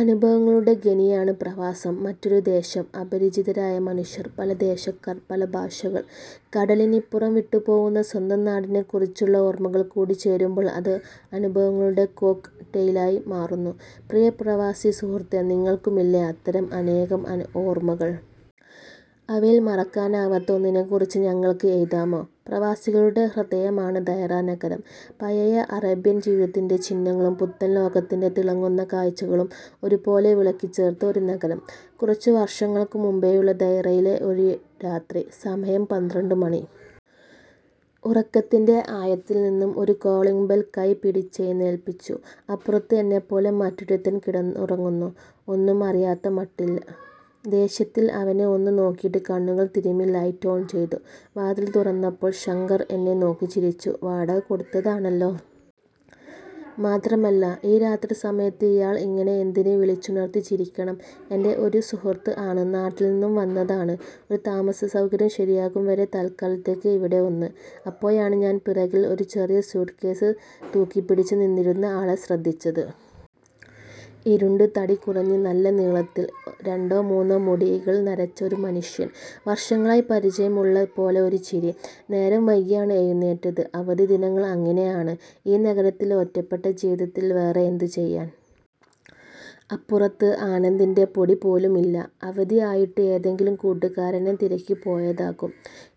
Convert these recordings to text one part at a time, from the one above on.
അനുഭവങ്ങളുടെ ഖനിയാണ് പ്രവാസം. മറ്റൊരു ദേശം. അപരിചിതരായ മനുഷ്യർ. പല ദേശക്കാർ. പല ഭാഷകൾ. കടലിനിപ്പുറം വിട്ടു പോവുന്ന സ്വന്തം നാടിനെക്കുറിച്ചുള്ള ഓർമ്മകൾ കൂടി ചേരുമ്പോൾ അത് അനുഭവങ്ങളുടെ കോക് ടെയിലായി മാറുന്നു. പ്രിയ പ്രവാസി സുഹൃത്തേ, നിങ്ങള്ക്കുമില്ലേ, അത്തരം അനേകം ഓർമ്മകൾ. അവയിൽ മറക്കാനാവാത്ത ഒന്നിനെ കുറിച്ച് ഞങ്ങൾക്ക് എഴുതാമോ? പ്രവാസികളുടെ ഹൃദയമാണ് ദൈറ നഗരം. പഴയ അറേബ്യൻ ജീവിതത്തിന്റെ ചിഹ്നങ്ങളും പുത്തൻ ലോകത്തിന്റെ തിളങ്ങുന്ന കാഴ്ചകളും ഒരു പോലെ വിളക്കി ചേർത്ത ഒരു നഗരം. കുറച്ചു വർഷങ്ങൾക്ക് മുമ്പെയുള്ള ദൈറയിലെ ഒരു രാത്രി. സമയം പന്ത്രണ്ടു മണി. ഉറക്കത്തിന്റെ ആഴത്തിൽ നിന്നും ഒരു കാളിംഗ് ബെൽ കൈ പിടിച്ചെഴുന്നേൽപ്പിച്ചു. അപ്പുറത്ത് എന്നെപ്പോലെ മറ്റൊരുത്തൻ കിടന്നുറങ്ങുന്നു. ഒന്നും അറിഞ്ഞ മട്ടില്ല. ദേഷ്യത്തിൽ അവനെ ഒന്നു നോക്കിയിട്ട് കണ്ണുകൾ തിരുമ്മി ലൈറ്റ് ഓൺ ചെയ്തു. വാതിൽ തുറന്നപ്പോൾ ശങ്കർ എന്നെ നോക്കി ചിരിച്ചു. വാടക കൊടുത്തതാണല്ലോ! മാത്രമല്ല ഈ രാത്രി സമയത്ത് ഇയാൾ ഇങ്ങിനെ എന്തിനു വിളിച്ചുണർത്തി ചിരിക്കണം? ' എന്റെ ഒരു സുഹൃത്ത് ആണ്. നാട്ടിൽ നിന്നും വന്നതാണ് ഒരു താമസ സൗകര്യം ശരിയാകും വരെ തൽക്കാലത്തേക്ക് ഇവിടെ ഒന്ന്. '. അപ്പോഴാണ് ഞാൻ പിറകിൽ ഒരു ചെറിയ സ്യൂട്ട്കേസ് തൂക്കിപ്പിടിച്ച് നിന്നിരുന്ന അയാളെ ശ്രദ്ധിച്ചത്. ഇരുണ്ട് തടി കുറഞ്ഞ് നല്ല നീളത്തിൽ, രണ്ടോ മൂന്നോ മുടിയിഴകൾ നരച്ച, ഒരു മനുഷ്യൻ. വർഷങ്ങളായി പരിചയം ഉള്ള പോലെ ഒരു ചിരി! നേരം വൈകിയാണ് എഴുന്നേറ്റത്. അവധി ദിനങ്ങൾ അങ്ങിനെ ആണ്. ഈ നഗരത്തിലെ ഒറ്റപ്പെട്ട ജീവിതത്തിൽ വേറെ എന്തു ചെയ്യാൻ? അപ്പുറത്ത് ആനന്ദിന്റെ പൊടി പോലുമില്ല. അവധി ആയിട്ടു ഏതെങ്കിലും കൂട്ടുകാരനെ തിരക്കി പോയതാകും.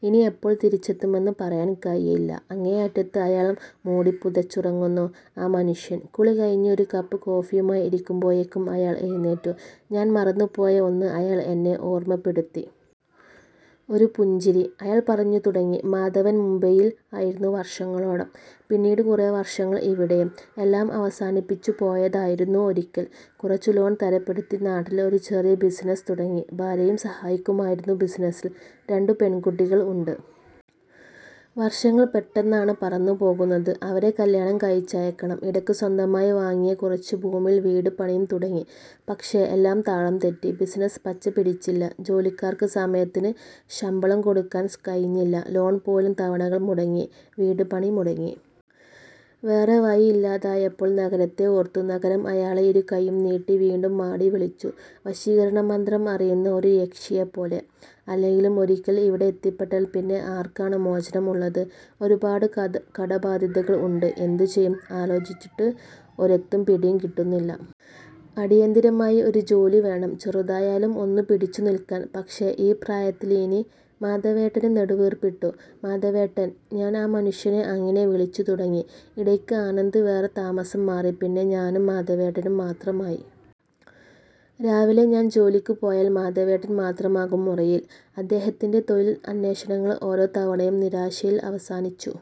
ഇനി എപ്പോൾ തിരിച്ചെത്തുമെന്ന് പറയാൻ കഴിയില്ല. അങ്ങേയറ്റത്ത് അയാൾ മൂടിപുതച്ചുറങ്ങുന്നു. ആ മനുഷ്യൻ. കുളി കഴിഞ്ഞ് ഒരു കപ്പ് കോഫിയുമായി ഇരിക്കുമ്പോഴേക്കും അയാൾ എഴുന്നേറ്റു. ഞാൻ മറന്നു പോയ ഒന്ന് അയാൾ എന്നെ ഓർമ്മപ്പെടുത്തി. ഒരു പുഞ്ചിരി! അയാൾ പറഞ്ഞു തുടങ്ങി: മാധവൻ മുംബൈയിൽ ആയിരുന്നു വർഷങ്ങളോളം. പിന്നീട് കുറെ വർഷങ്ങൾ ഇവിടെയും. എല്ലാം അവസാനിപ്പിച്ചു പോയതായിരുന്നു ഒരിക്കൽ. കുറച്ചു ലോൺ തരപ്പെടുത്തി നാട്ടിൽ ഒരു ചെറിയ ബിസിനസ് തുടങ്ങി. ഭാര്യയും സഹായിക്കുമായിരുന്നു ബിസിനസിൽ. രണ്ടു പെൺകുട്ടികൾ ഉണ്ട്. വർഷങ്ങൾ പെട്ടെന്നാണ് പറന്നു പോകുന്നത്. അവരെ കല്ല്യാണം കഴിച്ചയക്കണം. ഇടക്ക് സ്വന്തമായി വാങ്ങിയ കുറച്ചു ഭൂമിയിൽ വീട് പണിയും തുടങ്ങി. പക്ഷെ എല്ലാം താളം തെറ്റി. ബിസിനസ് പച്ച പിടിച്ചില്ല. ജോലിക്കാർക്ക് സമയത്തിന് ശമ്പളം കൊടുക്കാൻ കഴിഞ്ഞില്ല. ലോൺ പോലും തവണകൾ മുടങ്ങി. വീട് പണി മുടങ്ങി. വേറെ വഴിയില്ലാതായപ്പോൾ നഗരത്തെ ഓർത്തു. നഗരം അയാളെ ഇരുകൈയ്യും നീട്ടി വീണ്ടും മാടി വിളിച്ചു. വശീകരണമന്ത്രം അറിയുന്ന ഒരു യക്ഷിയെപ്പോലെ! അല്ലെങ്കിലും ഒരിക്കൽ ഇവിടെ എത്തിപ്പെട്ടാൽ പിന്നെ ആർക്കാണ് മോചനം ഉള്ളത്? ' ഒരുപാട് കടബാധ്യതകൾ ഉണ്ട്. എന്തു ചെയ്യും? ആലോചിച്ചിട്ടു ഒരെത്തും പിടിയും കിട്ടുന്നില്ല. അടിയന്തിരമായി ഒരു ജോലി വേണം. ചെറുതായാലും ഒന്ന് പിടിച്ചു നിൽക്കാൻ. പക്ഷെ, ഈ പ്രായത്തില് ഇനി? ' മാധവേട്ടന് നെടുവീർപ്പിട്ടു. ' മാധവേട്ടൻ ' ഞാൻ ആ മനുഷ്യനെ അങ്ങിനെ വിളിച്ചു തുടങ്ങി. ഇടയ്ക്ക് ആനന്ദ് വേറെ താമസം മാറി. പിന്നെ ഞാനും മാധവേട്ടനും മാത്രമായി. രാവിലെ ഞാൻ ജോലിക്ക് പോയാൽ മാധവേട്ടൻ മാത്രമാകും മുറിയിൽ. അദ്ദേഹത്തിന്റെ തൊഴിൽ അന്വേഷണങ്ങൾ ഓരോ തവണയും നിരാശയിൾ അവസാനിച്ചു.